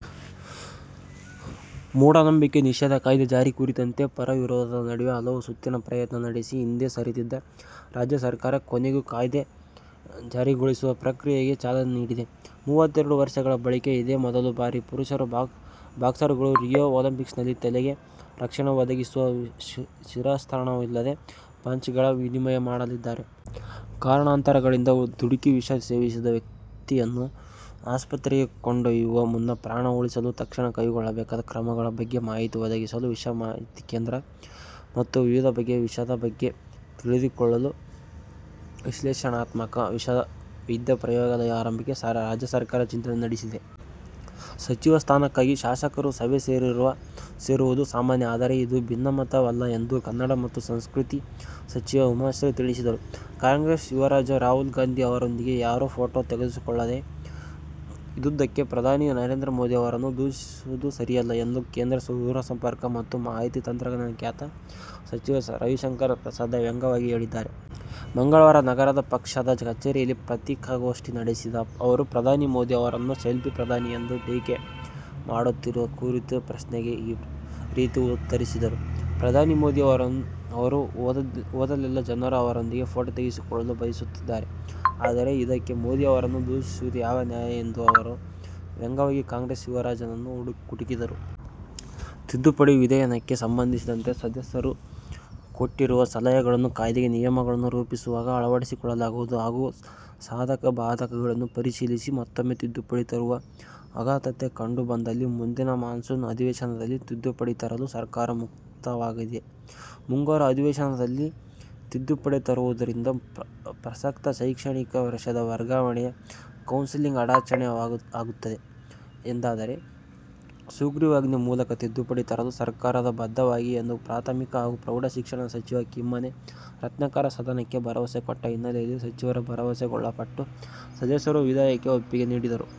ಮೂಢನಂಬಿಕೆ ನಿಷೇಧ ಕಾಯ್ದೆ ಜಾರಿ ಕುರಿತಂತೆ ಪರ-ವಿರೋಧದ ನಡುವೆ ಹಲವು ಸುತ್ತಿನ ಪ್ರಯತ್ನ ನಡೆಸಿ ಹಿಂದೆ ಸರಿದಿದ್ದ ರಾಜ್ಯ ಸರ್ಕಾರ ಕೊನೆಗೂ ಕಾಯ್ದೆ ಜಾರಿಗೊಳಿಸುವ ಪ್ರಕ್ರಿಯೆಗೆ ಚಾಲನೆ ನೀಡಿದೆ. ಮೂವತ್ತೆರಡು ವರ್ಷಗಳ ಬಳಿಕ ಇದೇ ಮೊದಲ ಬಾರಿ ಪುರುಷ ಬಾಕ್ಸರ್ಗಳು ರಿಯೋ ಒಲಿಂಪಿಕ್ಸ್ನಲ್ಲಿ ತಲೆಗೆ ರಕ್ಷಣೆ ಒದಗಿಸುವ ಶಿರಸ್ತ್ರಾಣವಿಲ್ಲದೆ ಪಂಚ್ಗಳ ವಿನಿಮಯ ಮಾಡಲಿದ್ದಾರೆ. ಕಾರಣಾಂತರಗಳಿಂದ ದುಡುಕಿ ವಿಷ ಸೇವಿಸಿದ ವ್ಯಕ್ತಿಯನ್ನು ಆಸ್ಪತ್ರೆಗೆ ಕೊಂಡೊಯ್ಯುವ ಮುನ್ನ ಪ್ರಾಣ ಉಳಿಸಲು ತಕ್ಷಣ ಕೈಗೊಳ್ಳಬೇಕಾದ ಕ್ರಮಗಳ ಬಗ್ಗೆ ಮಾಹಿತಿ ಒದಗಿಸಲು "ವಿಷ ಮಾಹಿತಿ ಕೇಂದ್ರ' ಮತ್ತು ವಿವಿಧ ಬಗೆಯ ವಿಷದ ಬಗ್ಗೆ ತಿಳಿದುಕೊಳ್ಳಲು "ವಿಶ್ಲೇಷಣಾತ್ಮಕ ವಿಷ ವೈದ್ಯ ಪ್ರಯೋಗಾಲಯ' ಆರಂಭಕ್ಕೆ ರಾಜ್ಯ ಸರ್ಕಾರ ಚಿಂತನೆ ನಡೆಸಿದೆ. ಸಚಿವ ಸ್ಥಾನಕ್ಕಾಗಿ ಶಾಸಕರು ಸಭೆ ಸೇರುವುದು ಸಾಮಾನ್ಯ. ಆದರೆ ಇದು ಭಿನ್ನಮತ ವಲ್ಲ ಎಂದು ಕನ್ನಡ ಮತ್ತು ಸಂಸ್ಕೃತಿ ಸಚಿವೆ ಉಮಾಶ್ರೀ ತಿಳಿಸಿದರು. ಕಾಂಗ್ರೆಸ್ ಯುವರಾಜ ರಾಹುಲ್ ಗಾಂಧಿ ಅವರೊಂದಿಗೆ ಯಾರೂ ಫೋಟೋ ತೆಗೆಸಿಕೊಳ್ಳದೇ ಇದ್ದುದಕ್ಕೆ ಪ್ರಧಾನಿ ನರೇಂದ್ರ ಮೋದಿ ಅವರನ್ನು ದೂಷಿಸುವುದು ಸರಿಯಲ್ಲ ಎಂದು ಕೇಂದ್ರ ದೂರಸಂಪರ್ಕ ಮತ್ತು ಮಾಹಿತಿ ತಂತ್ರಜ್ಞಾನ ಖಾತೆ ಸಚಿವ ರವಿಶಂಕರ್ ಪ್ರಸಾದ್ ವ್ಯಂಗ್ಯವಾಗಿ ಹೇಳಿದ್ದಾರೆ. ಮಂಗಳವಾರ ನಗರದ ಪಕ್ಷದ ಕಚೇರಿಯಲ್ಲಿ ಪತ್ರಿಕಾಗೋಷ್ಠಿ ನಡೆಸಿದ ಅವರು ಪ್ರಧಾನಿ ಮೋದಿ ಅವರನ್ನು ಸೆಲ್ಫಿ ಪ್ರಧಾನಿ ಎಂದು ಟೀಕೆ ಮಾಡುತ್ತಿರುವ ಕುರಿತ ಪ್ರಶ್ನೆಗೆ ಈ ರೀತಿ ಉತ್ತರಿಸಿದರು. ಪ್ರಧಾನಿ ಮೋದಿ ಅವರು ಹೋದಲ್ಲೆಲ್ಲ ಜನರು ಅವರೊಂದಿಗೆ ಫೋಟೋ ತೆಗೆಸಿಕೊಳ್ಳಲು ಬಯಸುತ್ತಿದ್ದಾರೆ. ಆದರೆ, ಇದಕ್ಕೆ ಮೋದಿ ಅವರನ್ನು ದೂಷಿಸುವುದು ಯಾವ ನ್ಯಾಯ ಎಂದು ಅವರು ವ್ಯಂಗವಾಗಿ ಕಾಂಗ್ರೆಸ್ ಯುವರಾಜನನ್ನು ಕುಟುಕಿದರು. ತಿದ್ದುಪಡಿ ವಿಧೇಯಕಕ್ಕೆ ಸಂಬಂಧಿಸಿದಂತೆ ಸದಸ್ಯರು ಕೊಟ್ಟಿರುವ ಸಲಹೆಗಳನ್ನು ಕಾಯ್ದೆಗೆ ನಿಯಮಗಳನ್ನು ರೂಪಿಸುವಾಗ ಅಳವಡಿಸಿಕೊಳ್ಳಲಾಗುವುದು ಹಾಗೂ ಸಾಧಕ-ಬಾಧಕಗಳನ್ನು ಪರಿಶೀಲಿಸಿ ಮತ್ತೂಮ್ಮೆ ತಿದ್ದುಪಡಿ ತರುವ ಅಗತ್ಯತೆ ಕಂಡು ಬಂದಲ್ಲಿ ಮುಂದಿನ ಮಾನ್ಸೂನ್ ಅಧಿವೇಶನದಲ್ಲಿ ತಿದ್ದುಪಡಿ ತರಲು ಸರ್ಕಾರ ಮುಕ್ತವಾಗಿದೆ. ಮುಂಗಾರು ಅಧಿವೇಶನದಲ್ಲಿ ತಿದ್ದುಪಡಿ ತರುವುದರಿಂದ ಪ್ರಸಕ್ತ ಶೈಕ್ಷಣಿಕ ವರ್ಷದ ವರ್ಗಾವಣೆಯ ಕೌನ್ಸಿಲಿಂಗ್ಗೆ ಅಡಚಣೆ ಆಗುತ್ತದೆ ಎಂದಾದರೆ ಸುಗ್ರಿವಾಜ್ಞೆ ಮೂಲಕ ತಿದ್ದುಪಡಿ ತರಲು ಸರ್ಕಾರದ ಬದ್ಧವಾಗಿದೆ ಎಂದು ಪ್ರಾಥಮಿಕ ಹಾಗೂ ಪ್ರೌಢ ಶಿಕ್ಷಣ ಸಚಿವ ಕಿಮ್ಮನೆ ರತ್ನಾಕರ ಸದನಕ್ಕೆ ಭರವಸೆ ಕೊಟ್ಟ ಹಿನ್ನೆಲೆಯಲ್ಲಿ ಸಚಿವರ ಭರವಸೆಗೊಳಪಟ್ಟು ಸದಸ್ಯರು ವಿಧೇಯಕಕ್ಕೆ ಒಪ್ಪಿಗೆ ನೀಡಿದರು.